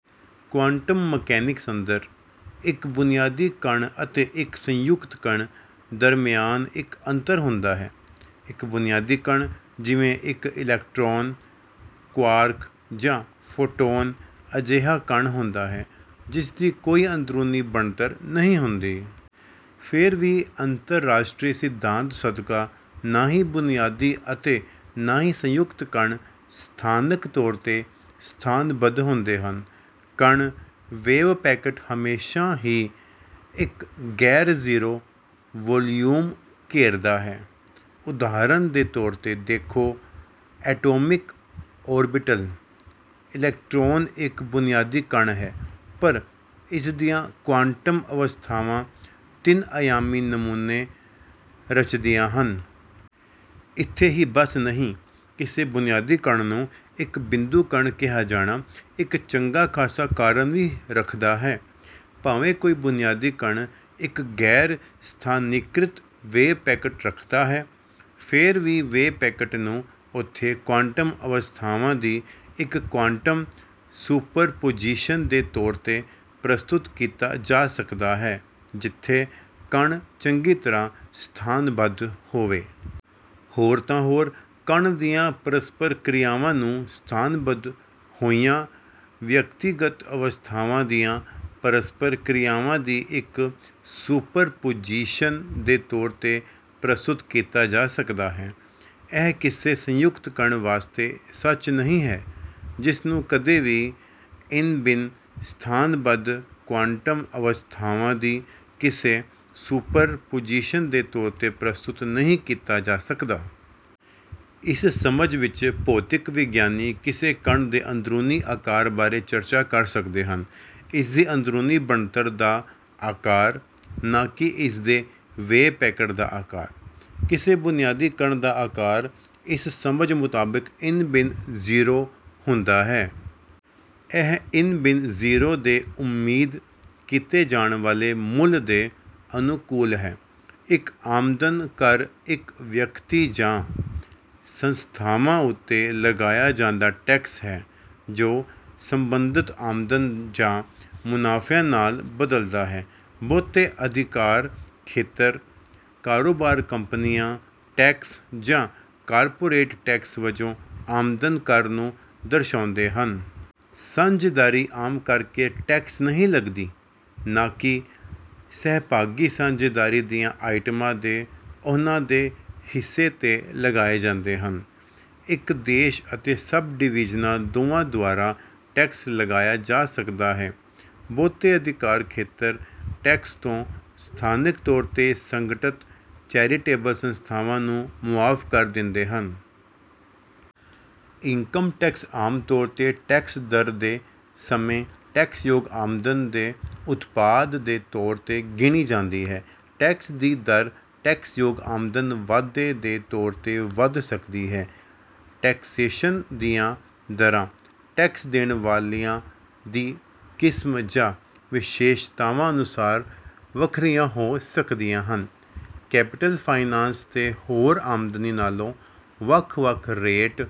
Quantum mechanics ਅੰਦਰ, ਇੱਕ ਬੁਨਿਆਦੀ ਕਣ ਅਤੇ ਇੱਕ ਸੰਯੁਕਤ ਕਣ ਦਰਮਿਆਨ ਇੱਕ ਅੰਤਰ ਹੁੰਦਾ ਹੈ। ਇੱਕ ਬੁਨਿਆਦੀ ਕਣ, ਜਿਵੇਂ ਇੱਕ ਇਲੈਕਟ੍ਰੌਨ, ਕੁਆਰਕ, ਜਾਂ ਫੋਟੌਨ, ਅਜਿਹਾ ਕਣ ਹੁੰਦਾ ਹੈ ਜਿਸਦੀ ਕੋਈ ਅੰਦਰੂਨੀ ਬਣਤਰ ਨਹੀਂ ਹੁੰਦੀ। ਫੇਰ ਵੀ, ਅਨਸਰਟਨਟੀ ਸਿਧਾਂਤ ਸਦਕਾ, ਨਾ ਹੀ ਬੁਨਿਆਦੀ ਅਤੇ ਨਾ ਹੀ ਸੰਯੁਕਤ ਕਣ ਸਥਾਨਿਕ ਤੌਰ ਤੇ ਸਥਾਨਬੱਧ ਹੁੰਦੇ ਹਨ। ਕਣ ਵੇਵਪੈਕਟ ਹਮੇਸ਼ਾਂ ਹੀ ਇੱਕ ਗੈਰ-ਜ਼ੀਰੋ ਵੌਲੀਊਮ ਘੇਰਦਾ ਹੈ। ਉਦਾਹਰਨ ਦੇ ਤੌਰ ਤੇ, ਦੇਖੋ ਐਟੌਮਿਕ ਔਰਬਿਟਲ: ਇਲੈਕਟ੍ਰੌਨ ਇੱਕ ਬੁਨਿਆਦੀ ਕਣ ਹੈ, ਪਰ ਇਸਦੀਆਂ ਕੁਆਂਟਮ ਅਵਸਥਾਵਾਂ ਤਿੰਨ-ਅਯਾਮੀ ਨਮੂਨੇ ਰਚਦੀਆਂ ਹਨ। ਇੱਥੇ ਹੀ ਬੱਸ ਨਹੀਂ, ਕਿਸੇ ਬੁਨਿਆਦੀ ਕਣ ਨੂੰ ਇੱਕ ਬਿੰਦੂ ਕਣ ਕਿਹਾ ਜਾਣਾ ਇੱਕ ਚੰਗਾ ਖਾਸਾ ਕਾਰਨ ਵੀ ਰੱਖਦਾ ਹੈ। ਭਾਵੇਂ ਕੋਈ ਬੁਨਿਆਦੀ ਕਣ ਇੱਕ ਗੈਰ-ਸਥਾਨੀਕ੍ਰਿਤ ਵੇਵਪੈਕਟ ਰੱਖਦਾ ਹੈ, ਫੇਰ ਵੀ ਵੇਵਪੈਕਟ ਨੂੰ ਉੱਥੇ ਕੁਆਂਟਮ ਅਵਸਥਾਵਾਂ ਦੀ ਇੱਕ ਕੁਆਂਟਮ ਸੁਪਰਪੁਜੀਸ਼ਨ ਦੇ ਤੌਰ ਤੇ ਪ੍ਰਸਤੁਤ ਕੀਤਾ ਜਾ ਸਕਦਾ ਹੈ ਜਿੱਥੇ ਕਣ ਚੰਗੀ ਤਰ੍ਹਾਂ ਸਥਾਨਬੱਧ ਹੋਵੇ। ਹੋਰ ਤਾਂ ਹੋਰ, ਕਣ ਦੀਆਂ ਪਰਸਪਰ ਕ੍ਰਿਆਵਾਂ ਨੂੰ ਸਥਾਨਬੱਧ ਹੋਈਆਂ ਵਿਅਕਤੀਗਤ ਅਵਸਥਾਵਾਂ ਦੀਆਂ ਪਰਸਪਰ ਕ੍ਰਿਆਵਾਂ ਦੀ ਇੱਕ ਸੁਪਰਪੁਜੀਸ਼ਨ ਦੇ ਤੌਰ ਤੇ ਪ੍ਰਸਤੁਤ ਕੀਤਾ ਜਾ ਸਕਦਾ ਹੈ। ਇਹ ਕਿਸੇ ਸੰਯੁਕਤ ਕਣ ਵਾਸਤੇ ਸੱਚ ਨਹੀਂ ਹੈ, ਜਿਸ ਨੂੰ ਕਦੇ ਵੀ ਇੰਨਬਿੰਨ-ਸਥਾਨਬੱਧ ਕੁਆਂਟਮ ਅਵਸਥਾਵਾਂ ਦੀ ਕਿਸੇ ਸੁਪਰਪੁਜੀਸ਼ਨ ਦੇ ਤੌਰ ਤੇ ਪ੍ਰਸਤੁਤ ਨਹੀਂ ਕੀਤਾ ਜਾ ਸਕਦਾ। ਇਸ ਸਮਝ ਵਿੱਚ, ਭੌਤਿਕ ਵਿਗਿਆਨੀ ਕਿਸੇ ਕਣ ਦੇ ਅੰਦਰੂਨੀ ਅਕਾਰ ਬਾਰੇ ਚਰਚਾ ਕਰ ਸਕਦੇ ਹਨ: ਇਸਦੀ ਅੰਦਰੂਨੀ ਬਣਤਰ ਦਾ ਅਕਾਰ, ਨਾ ਕਿ ਇਸਦੇ ਵੇਵਪੈਕਟ ਦਾ ਅਕਾਰ। ਕਿਸੇ ਬੁਨਿਆਦੀ ਕਣ ਦਾ ਅਕਾਰ, ਇਸ ਸਮਝ ਮੁਤਾਬਿਕ, ਇੰਨਬਿੰਨ ਜ਼ੀਰੋ ਹੁੰਦਾ ਹੈ। ਇਹ ਇੰਨਬਿੰਨ ਜ਼ੀਰੋ ਦੇ ਉਮੀਦ ਕੀਤੇ ਜਾਣ ਵਾਲੇ ਮੁੱਲ ਦੇ ਅਨੁਕੂਲ ਹੈ। ਇੱਕ ਆਮਦਨ ਕਰ ਇੱਕ ਵਿਅਕਤੀ ਜਾਂ ਸੰਸਥਾਵਾਂ ਉੱਤੇ ਲਗਾਇਆ ਜਾਂਦਾ ਟੈਕਸ ਹੈ ਜੋ ਸੰਬੰਧਤ ਆਮਦਨ ਜਾਂ ਮੁਨਾਫਿਆਂ ਨਾਲ ਬਦਲਦਾ ਹੈ। ਬਹੁਤੇ ਅਧਿਕਾਰ ਖੇਤਰ ਕਾਰੋਬਾਰ ਕੰਪਨੀਆਂ ਟੈਕਸ ਜਾਂ ਕਾਰਪੋਰੇਟ ਟੈਕਸ ਵਜੋਂ ਆਮਦਨ ਕਰ ਨੂੰ ਦਰਸਾਉਂਦੇ ਹਨ। ਸਾਂਝੇਦਾਰੀ ਆਮ ਕਰਕੇ ਟੈਕਸ ਨਹੀਂ ਲਗਦੀ; ਨਾ ਕਿ, ਸਹਿਭਾਗੀ ਸਾਂਝੇਦਾਰੀ ਦੀਆਂ ਆਈਟਮਾਂ ਦੇ ਉਨ੍ਹਾਂ ਦੇ ਹਿੱਸੇ ਤੇ ਲਗਾਏ ਜਾਂਦੇ ਹਨ। ਇੱਕ ਦੇਸ਼ ਅਤੇ ਸਬ-ਡਿਵੀਜ਼ਨਾਂ ਦੋਵਾਂ ਦੁਆਰਾ ਟੈਕਸ ਲਗਾਇਆ ਜਾ ਸਕਦਾ ਹੈ। ਬਹੁਤੇ ਅਧਿਕਾਰ ਖੇਤਰ ਟੈਕਸ ਤੋਂ ਸਥਾਨਿਕ ਤੌਰ ਤੇ ਸੰਗਠਤ ਚੈਰੀਟੇਬਲ ਸੰਸਥਾਵਾਂ ਨੂੰ ਮੁਆਫ ਕਰ ਦਿੰਦੇ ਹਨ। ਇਨਕਮ ਟੈਕਸ ਆਮ ਤੌਰ ਤੇ ਟੈਕਸ ਦਰ ਦੇ ਸਮੇਂ ਟੈਕਸਯੋਗ ਆਮਦਨ ਦੇ ਉਤਪਾਦ ਦੇ ਤੌਰ ਤੇ ਗਿਣੀ ਜਾਂਦੀ ਹੈ। ਟੈਕਸ ਦੀ ਦਰ ਟੈਕਸਯੋਗ ਆਮਦਨ ਵਾਧੇ ਦੇ ਤੌਰ ਤੇ ਵਧ ਸਕਦੀ ਹੈ। ਟੈਕਸੇਸ਼ਨ ਦੀਆਂ ਦਰਾਂ ਟੈਕਸ ਦੇਣ ਵਾਲਿਆਂ ਦੀ ਕਿਸਮ ਜਾਂ ਵਿਸ਼ੇਸ਼ਤਾਵਾਂ ਅਨੁਸਾਰ ਵੱਖਰੀਆਂ ਹੋ ਸਕਦੀਆਂ ਹਨ। ਕੈਪੀਟਲ ਫਾਇਨਾਂਸ ਤੇ ਹੋਰ ਆਮਦਨੀ ਨਾਲੋਂ ਵੱਖ ਵੱਖ ਰੇਟ...